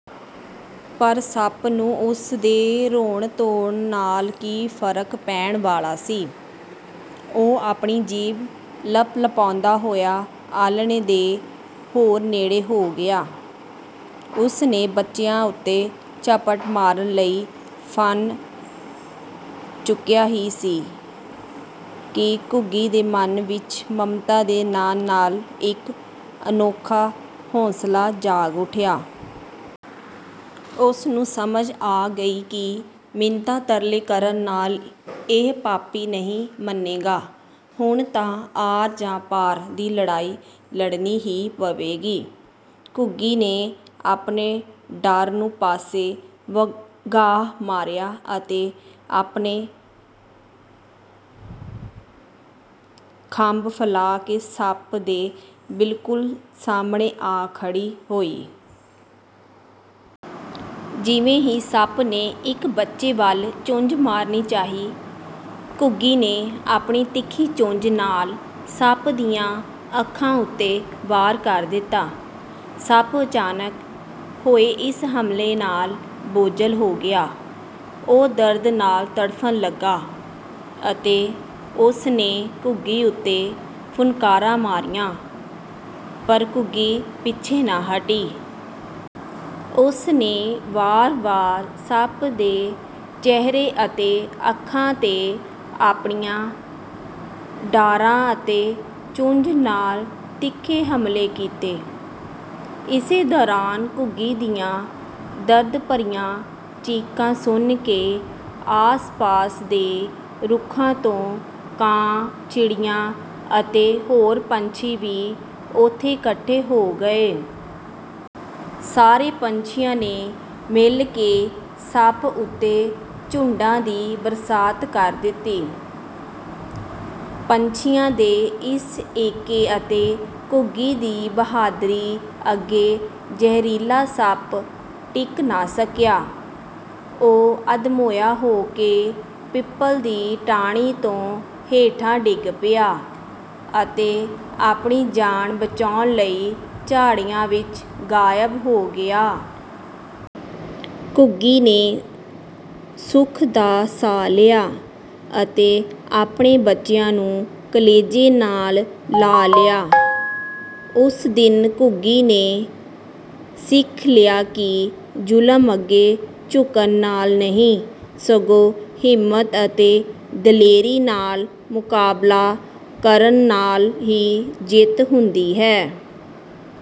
ਪਰ ਸੱਪ ਨੂੰ ਉਸ ਦੇ ਰੋਣ-ਧੋਣ ਨਾਲ ਕੀ ਫ਼ਰਕ ਪੈਣ ਵਾਲਾ ਸੀ! ਉਹ ਆਪਣੀ ਜੀਭ ਲਪਲਪਾਉਂਦਾ ਹੋਇਆ ਆਹਲਣੇ ਦੇ ਹੋਰ ਨੇੜੇ ਹੋ ਗਿਆ। ਉਸ ਨੇ ਬੱਚਿਆਂ ਉੱਤੇ ਝਪਟ ਮਾਰਨ ਲਈ ਫਣ ਚੁੱਕਿਆ ਹੀ ਸੀ ਕਿ ਘੁੱਗੀ ਦੇ ਮਨ ਵਿੱਚ ਮਮਤਾ ਦੇ ਨਾਲ-ਨਾਲ ਇੱਕ ਅਨੋਖਾ ਹੌਂਸਲਾ ਜਾਗ ਉੱਠਿਆ। ਉਸ ਨੂੰ ਸਮਝ ਆ ਗਈ ਕਿ ਮਿੰਨਤਾਂ-ਤਰਲੇ ਕਰਨ ਨਾਲ ਇਹ ਪਾਪੀ ਨਹੀਂ ਮੰਨੇਗਾ, ਹੁਣ ਤਾਂ ਆਰ ਜਾਂ ਪਾਰ ਦੀ ਲੜਾਈ ਲੜਨੀ ਹੀ ਪਵੇਗੀ। ਘੁੱਗੀ ਨੇ ਆਪਣੇ ਡਰ ਨੂੰ ਪਾਸੇ ਵਗਾਹ ਮਾਰਿਆ ਅਤੇ ਆਪਣੇ ਖੰਭ ਫੈਲਾ ਕੇ ਸੱਪ ਦੇ ਬਿਲਕੁਲ ਸਾਹਮਣੇ ਆ ਖੜ੍ਹੀ ਹੋਈ। ਜਿਵੇਂ ਹੀ ਸੱਪ ਨੇ ਇੱਕ ਬੱਚੇ ਵੱਲ ਚੁੰਝ ਮਾਰਨੀ ਚਾਹੀ, ਘੁੱਗੀ ਨੇ ਆਪਣੀ ਤਿੱਖੀ ਚੁੰਝ ਨਾਲ ਸੱਪ ਦੀਆਂ ਅੱਖਾਂ ਉੱਤੇ ਵਾਰ ਕਰ ਦਿੱਤਾ! ਸੱਪ ਅਚਾਨਕ ਹੋਏ ਇਸ ਹਮਲੇ ਨਾਲ ਬੋਝਲ ਹੋ ਗਿਆ। ਉਹ ਦਰਦ ਨਾਲ ਤੜਫਣ ਲੱਗਾ ਅਤੇ ਉਸ ਨੇ ਘੁੱਗੀ ਉੱਤੇ ਫੁੰਕਾਰਾ ਮਾਰਿਆ, ਪਰ ਘੁੱਗੀ ਪਿੱਛੇ ਨਾ ਹਟੀ। ਉਸ ਨੇ ਵਾਰ-ਵਾਰ ਸੱਪ ਦੇ ਚਿਹਰੇ ਅਤੇ ਅੱਖਾਂ 'ਤੇ ਆਪਣੀਆਂ ਡਾਰਾਂ ਅਤੇ ਚੁੰਝ ਨਾਲ ਤਿੱਖੇ ਹਮਲੇ ਕੀਤੇ। ਇਸੇ ਦੌਰਾਨ ਘੁੱਗੀ ਦੀਆਂ ਦਰਦ ਭਰੀਆਂ ਚੀਕਾਂ ਸੁਣ ਕੇ ਆਸ-ਪਾਸ ਦੇ ਰੁੱਖਾਂ ਤੋਂ ਕਾਂ, ਚਿੜੀਆਂ ਅਤੇ ਹੋਰ ਪੰਛੀ ਵੀ ਉੱਥੇ ਇਕੱਠੇ ਹੋ ਗਏ। ਸਾਰੇ ਪੰਛੀਆਂ ਨੇ ਮਿਲ ਕੇ ਸੱਪ ਉੱਤੇ ਚੁੰਝਾਂ ਦੀ ਬਰਸਾਤ ਕਰ ਦਿੱਤੀ। ਪੰਛੀਆਂ ਦੇ ਇਸ ਏਕੇ ਅਤੇ ਘੁੱਗੀ ਦੀ ਬਹਾਦਰੀ ਅੱਗੇ ਜ਼ਹਿਰੀਲਾ ਸੱਪ ਟਿਕ ਨਾ ਸਕਿਆ। ਉਹ ਅੱਧਮੋਇਆ ਹੋ ਕੇ ਪਿੱਪਲ ਦੀ ਟਾਹਣੀ ਤੋਂ ਹੇਠਾਂ ਡਿੱਗ ਪਿਆ ਅਤੇ ਆਪਣੀ ਜਾਨ ਬਚਾਉਣ ਲਈ ਝਾੜੀਆਂ ਵਿੱਚ ਗਾਇਬ ਹੋ ਗਿਆ। ਘੁੱਗੀ ਨੇ ਸੁੱਖ ਦਾ ਸਾਹ ਲਿਆ ਅਤੇ ਆਪਣੇ ਬੱਚਿਆਂ ਨੂੰ ਕਲੇਜੇ ਨਾਲ ਲਾ ਲਿਆ। ਉਸ ਦਿਨ ਘੁੱਗੀ ਨੇ ਸਿੱਖ ਲਿਆ ਕਿ ਜ਼ੁਲਮ ਅੱਗੇ ਝੁਕਣ ਨਾਲ ਨਹੀਂ, ਸਗੋਂ ਹਿੰਮਤ ਅਤੇ ਦਲੇਰੀ ਨਾਲ ਮੁਕਾਬਲਾ ਕਰਨ ਨਾਲ ਹੀ ਜਿੱਤ ਹੁੰਦੀ ਹੈ।